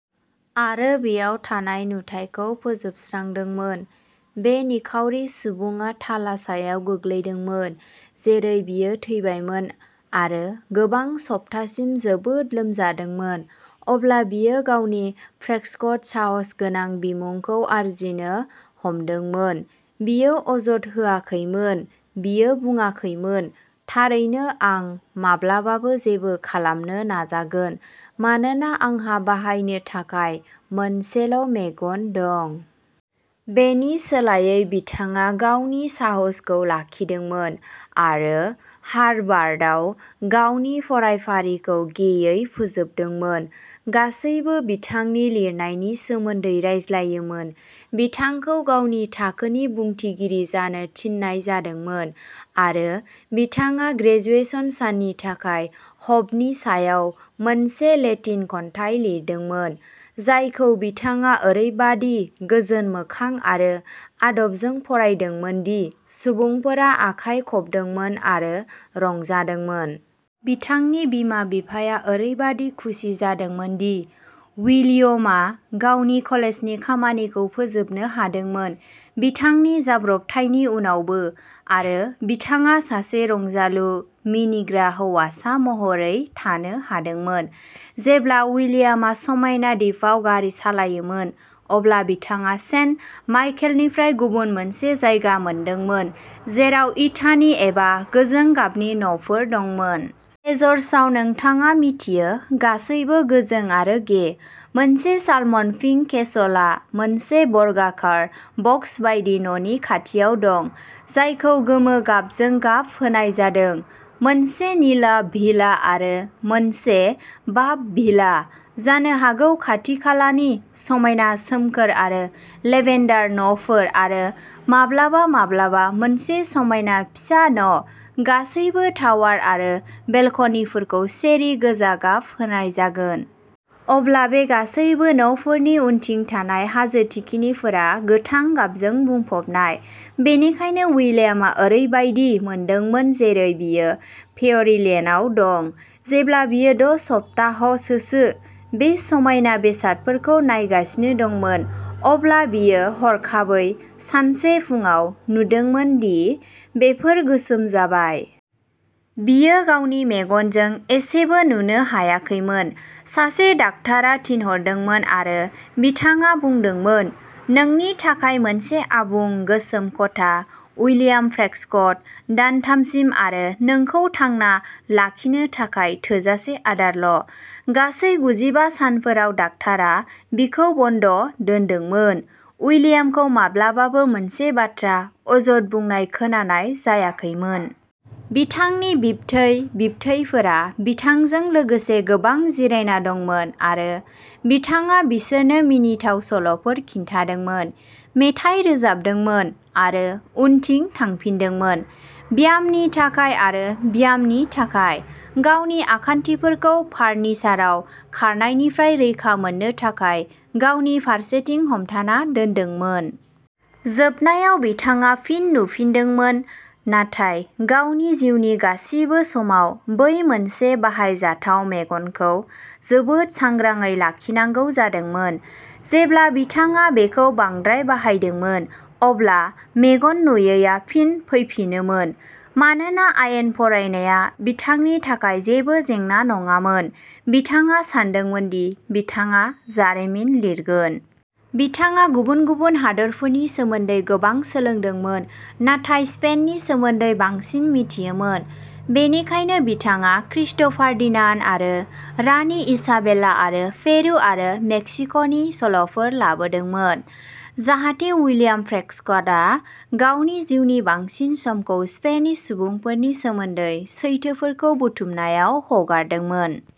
आरो बेयाव थानाय नुथायखौ फोजोबस्रांदोंमोन। बे निखावरि सुबुङा थाला सायाव गोग्लैदोंमोन जेरै बियो थैबायमोन आरो गोबां सप्तासिम जोबोद लोमजादोंमोन। अब्ला बियो गावनि प्रेस्कट, साहसगोनां बिमुंखौ आरजिनो हमदोंमोन। बियो अजद होआखैमोन, बियो बुङाखैमोन "थारैनो, आं माब्लाबाबो जेबो खालामनो नाजागोन, मानोना आंहा बाहायनो थाखाय मोनसेल' मेगन दं।" बेनि सोलायै, बिथाङा गावनि साहसखौ लाखिदोंमोन आरो हार्भार्डआव गावनि फरायफारिखौ गेयै फोजोबदोंमोन। गासैबो बिथांनि लिरनायनि सोमोन्दै रायज्लायोमोन। बिथांखौ गावनि थाखोनि बुंथिगिरि जानो थिननाय जादोंमोन, आरो बिथाङा ग्रेजुएशन साननि थाखाय ह'पनि सायाव मोनसे लेटिन खन्थाइ लिरदोंमोन, जायखौ बिथाङा ओरैबादि गोजोन मोखां आरो आदबजों फरायदोंमोन दि सुबुंफोरा आखाइ खबदोंमोन आरो रंजादोंमोन। बिथांनि बिमा बिफाया ओरैबादि खुसि जादोंमोन दि विलियमआ गावनि कलेजनि खामानिखौ फोजोबनो हादोंमोन, बिथांनि जाब्रबथायनि उनावबो, आरो बिथाङा सासे रंजालु, मिनिग्रा हौवासा महरै थानो हादोंमोन। जेब्ला उइलियामआ समायना दिपआव गारि सालायोमोन, अब्ला बिथाङा सेन्ट माइकेलनिफ्राय गुबुन मोनसे जायगा मोनदोंमोन, जेराव इटानि एबा गोजों गाबनि न'फोर दंमोन। एज'र्सआव, नोंथाङा मिथियो, गासैबो गोजों आरो गे। मोनसे सालमन पिंक केसलआ मोनसे बर्गाकार, बक्स बायदि न'नि खाथियाव दं, जायखौ गोमो गाबजों गाब होनाय जादों; मोनसे निला भिला आरो मोनसे बाफ भिला। जानो हागौ खाथिखालानि समायना सोमखोर आरो लेभेन्डार न'फोर, आरो माब्लाबा माब्लाबा मोनसे समायना फिसा न', गासैबो टावार आरो बेलकनिफोरखौ चेरि गोजा गाब होनाय जागोन। अब्ला बे गासैबो न'फोरनि उनथिं थानाय हाजो थिखिनिफोरा गोथां गाबजों बुंफबनाय। बेनिखायनो उइलियामआ ओरैबायदि मोनदोंमोन जेरै बियो फेयरीलेन्डआव दं। जेब्ला बियो द' सप्ताहसोसो बे समायना बेसादफोरखौ नायगासिनो दंमोन, अब्ला बियो हरखाबै, सानसे फुंआव, नुदोंमोन दि बेफोर गोसोम जाबाय। बियो गावनि मेगनजों एसेबो नुनो हायाखैमोन। सासे डाक्टारा थिनहरदोंमोन आरो बिथाङा बुंदोंमोन "नोंनि थाखाय मोनसे आबुं गोसोम खथा, उइलियाम प्रेस्कट, दानथामसिम, आरो नोंखौ थांना लाखिनो थाखाय थोजासे आदारल," गासै गुजिबा सानफोराव डाक्टारा बिखौ बन्द' दोनदोंमोन, उइलियामखौ माब्लाबाबो मोनसे बाथ्रा अजद बुंनाय खोनानाय जायाखैमोन। बिथांनि बिबथै बिबथैफोरा बिथांजों लोगोसे गोबां जिरायना दंमोन, आरो बिथाङा बिसोरनो मिनिथाव सल'फोर खिन्थादोंमोन, मेथाइ रोजाबदोंमोन, आरो उनथिं थांफिनदोंमोन। ब्यामनि थाखाय आरो ब्यामनि थाखाय, गावनि आखान्थिफोरखौ फारनिसाराव खारनायनिफ्राय रैखा मोननो थाखाय गावनि फारसेथिं हमथाना दोनदोंमोन। जोबनायाव बिथाङा फिन नुफिनदोंमोन नाथाय गावनि जिउनि गासिबो समाव बै मोनसे बाहायजाथाव मेगनखौ जोबोद सांग्राङै लाखिनांगौ जादोंमोन। जेब्ला बिथाङा बेखौ बांद्राय बाहायदोंमोन, अब्ला मेगन नुयैआ फिन फैफिनोमोन। मानोना आयेन फरायनाया बिथांनि थाखाय जेबो जेंना नङामोन, बिथाङा सानदोंमोन दि बिथाङा जारिमिन लिरगोन। बिथाङा गुबुन गुबुन हादोरफोरनि सोमोन्दै गोबां सोलोंदोंमोन नाथाय स्पेननि सोमोन्दै बांसिन मिथियोमोन। बेनिखायनो बिथाङा क्रिस्ट'फार्डिनान्ड आरो रानि इसाबेला आरो पेरु आरो मेक्सिक'नि सल'फोर लाबोदोंमोन, जाहाथे उइलियाम प्रेस्कटआ गावनि जिउनि बांसिन समखौ स्पेनिश सुबुंफोरनि सोमोन्दै सैथोफोरखौ बुथुमनायाव हगारदोंमोन।